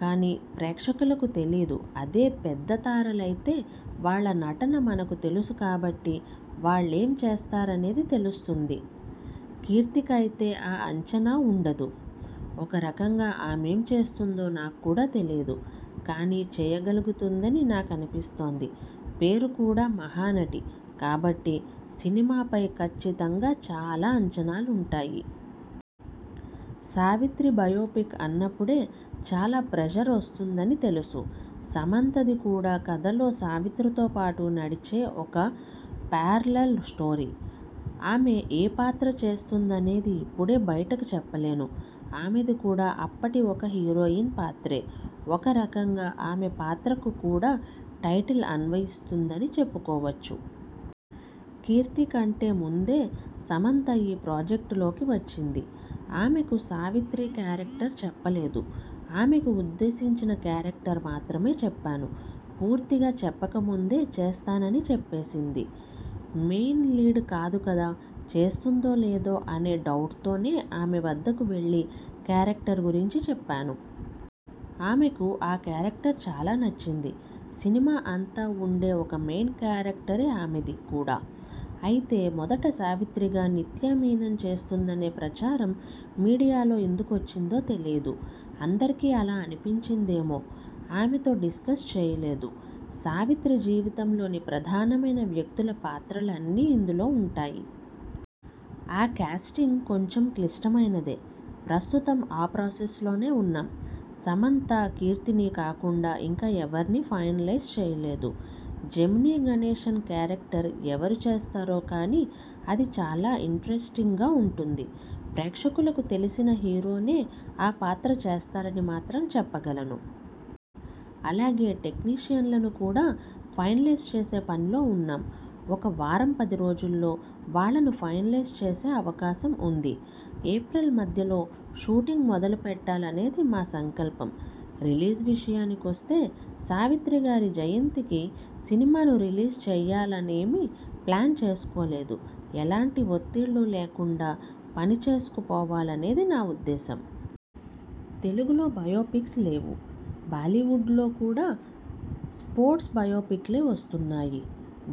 కానీ ప్రేక్షకులకు తెలీదు. అదే పెద్ద తారలైతే, వాళ్ల నటన మనకు తెలుసు కాబట్టి వాళ్లేం చేస్తారనేది తెలుస్తుంది. కీర్తికైతే ఆ అంచనా ఉండదు. ఒక రకంగా ఆమేం చేస్తుందో నాక్కూడా తెలీదు. కానీ చేయగలుగుతుందని నాకనిపిస్తోంది. పేరు కూడా 'మహానటి' కాబట్టి సినిమాపై కచ్చితంగా చాలా అంచనాలుంటాయి. సావిత్రి బయోపిక్ అన్నప్పుడే చాలా ప్రెజర్ వస్తుందని తెలుసు. సమంతది కూడా కథలో సావిత్రితో పాటు నడిచే ఒక పారలల్ స్టోరీ. ఆమె ఏ పాత్ర చేస్తోందనేది ఇప్పుడే బయటకు చెప్పలేను. ఆమెది కూడా అప్పటి ఒక హీరోయిన్ పాత్రే. ఒకరకంగా ఆమె పాత్రకు కూడా టైటిల్ అన్వయిస్తుందని చెప్పుకోవచ్చు. కీర్తి కంటే ముందే సమంత ఈ ప్రాజెక్ట్ లోకి వచ్చింది. ఆమెకు సావిత్రి కేరక్టర్ చెప్పలేదు. ఆమెకు ఉద్దేశించిన కేరక్టర్ మాత్రమే చెప్పాను. పూర్తిగా చెప్పకముందే చేస్తానని చెప్పేసింది. మెయిన లీడ్ కాదు కదా, చేస్తుందో లేదో అనే డౌట్తోనే ఆమె వద్దకు వెళ్లి కేరక్టర్ గురించి చెప్పాను. ఆమెకు ఆ కేరక్టర్ చాలా నచ్చింది. సినిమా అంతా ఉండే ఒక మెయిన కేరక్టరే ఆమెది కూడా. అయితే మొదట సావిత్రిగా నిత్యా మీనన చేస్తోందనే ప్రచారం మీడియాలో ఎందుకొచ్చిందో తెలీదు. అందరికీ అలా అనిపించిందేమో. ఆమెతో డిస్కస్ చేయలేదు. సావిత్రి జీవితంలోని ప్రధానమైన వ్యక్తుల పాత్రలన్నీ ఇందులో ఉంటాయి. ఆ కేస్టింగ్ కొంచెం క్లిష్టమైనదే. ప్రస్తుతం ఆ ప్రాసెస్ లోనే ఉన్నాం. సమంత, కీర్తిని కాకుండా ఇంకా ఎవర్నీ ఫైనలైజ్ చేయలేదు. జెమినీ గణేశన్ కేరక్టర్ ఎవరు చేస్తారో కానీ, అది చాలా ఇంటరెస్టింగ్గా ఉంటుంది. ప్రేక్షకులకు తెలిసిన హీరోనే ఆ పాత్ర చేస్తారని మాత్రం చెప్పగలను. అలాగే టెక్నీషియన్లను కూడా ఫైనలైజ్ చేసే పనిలో ఉన్నాం. ఒక వారం పది రోజుల్లో వాళ్లను ఫైనలైజ్ చేసే అవకాశం ఉంది. ఏప్రిల్ మధ్యలో షూటింగ్ మొదలు పెట్టాలనేది మా సంకల్పం. రిలీజ్ విషయానికొస్తే.. సావిత్రిగారి జయంతికి సినిమాను రిలీజ్ చెయ్యాలనేమీ ప్లాన్ చేసుకోలేదు. ఎలాంటి ఒత్తిళ్లూ లేకుండా పనిచేసుకుపోవాలనేది నా ఉద్దేశం. తెలుగులో బయోపిక్స్ లేవు. బాలీవుడ్లో కూడా స్పోర్ట్స్ బయోపిక్లే వస్తున్నాయి.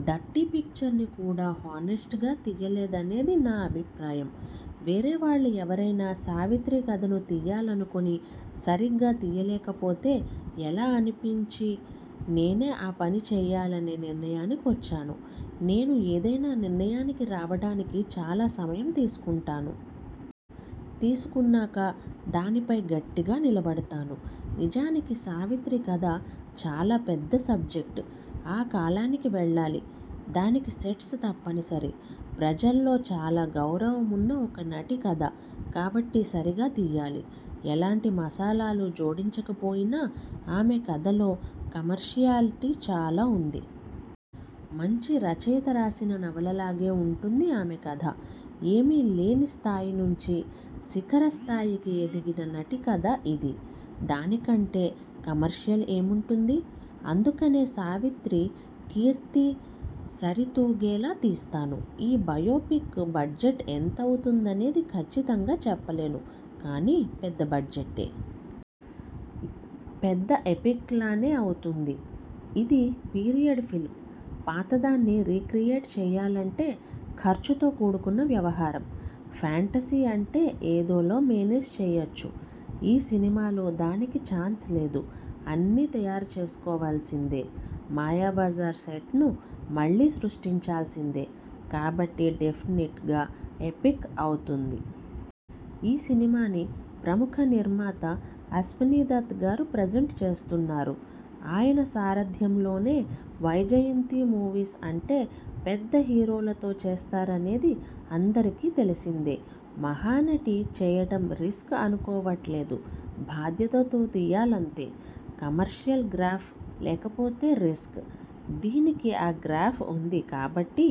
'డర్టీ పిక్చర్'ని కూడా హానెస్టుగా తియ్యలేదనేది నా అభిప్రాయం. వేరే వాళ్లు ఎవరైనా సావిత్రి కథను తియ్యాలనుకొని, సరిగా తీయలేకపోతే ఎలా అనిపించి నేనే ఆ పని చెయ్యాలనే నిర్ణయానికొచ్చాను. నేను ఏదైనా నిర్ణయానికి రావడానికి చాలా సమయం తీసుకుంటాను. తీసుకున్నాక దానిపై గట్టిగా నిలబడతాను. నిజానికి సావిత్రి కథ చాలా పెద్ద సబ్జెక్ట్. ఆ కాలానికి వెళ్లాలి. దానికి సెట్స్ తప్పనిసరి. ప్రజల్లో చాలా గౌరవమున్న ఒక నటి కథ కాబట్టి సరిగా తియ్యాలి. ఎలాంటి మసాలాలూ జోడించక పోయినా ఆమె కథలో కమర్షియాలిటీ చాలా ఉంది. మంచి రచయిత రాసిన నవలలాగే ఉంటుంది ఆమె కథ. ఏమీలేని స్థాయి నుంచి శిఖర స్థాయికి ఎదిగిన నటి కథ ఇది. దానికంటే కమర్షియల్ ఏముంటుంది! అందుకనే సావిత్రి కీర్తి సరితూగేలా తీస్తాను. ఈ బయోపిక్కు బడ్జెట్ ఎంతవుతుందనేది కచ్చితంగా చెప్పలేను కానీ పెద్ద బడ్జెట్టే. పెద్ద ఎపిక్ లానే అవుతుంది. ఇది పీరియడ్ ఫిల్మ్. పాతదాన్ని రీక్రియేట్ చేయాలంటే ఖర్చుతో కూడుకున్న వ్యవహారం. ఫాంటసీ అంటే ఏదోలా మేనేజ్ చేయొచ్చు. ఈ సినిమాలో దానికి ఛాన్స్ లేదు. అన్నీ తయారు చేసుకోవాల్సిందే. 'మాయాబజార్' సెట్ను మళ్లీ సృష్టించాల్సిందే. కాబట్టి డెఫినెట్గా ఎపిక్ అవుతుంది. ఈ సినిమాని ప్రముఖ నిర్మాత అశ్వనీ దత్ గారు ప్రెజెంట్ చేస్తున్నారు. ఆయన సారథ్యంలోని వైజయంతీ మూవీస్ అంటే పెద్ద హీరోలతో చేస్తారనేది అందరికీ తెలిసిందే. 'మహానటి' చేయడం రిస్క్ అనుకోవట్లేదు. బాధ్యతతో తీయాలంతే. కమర్షియల్ గ్రాఫ్ లేకపోతే రిస్క్. దీనికి ఆ గ్రాఫ్ ఉంది కాబట్టి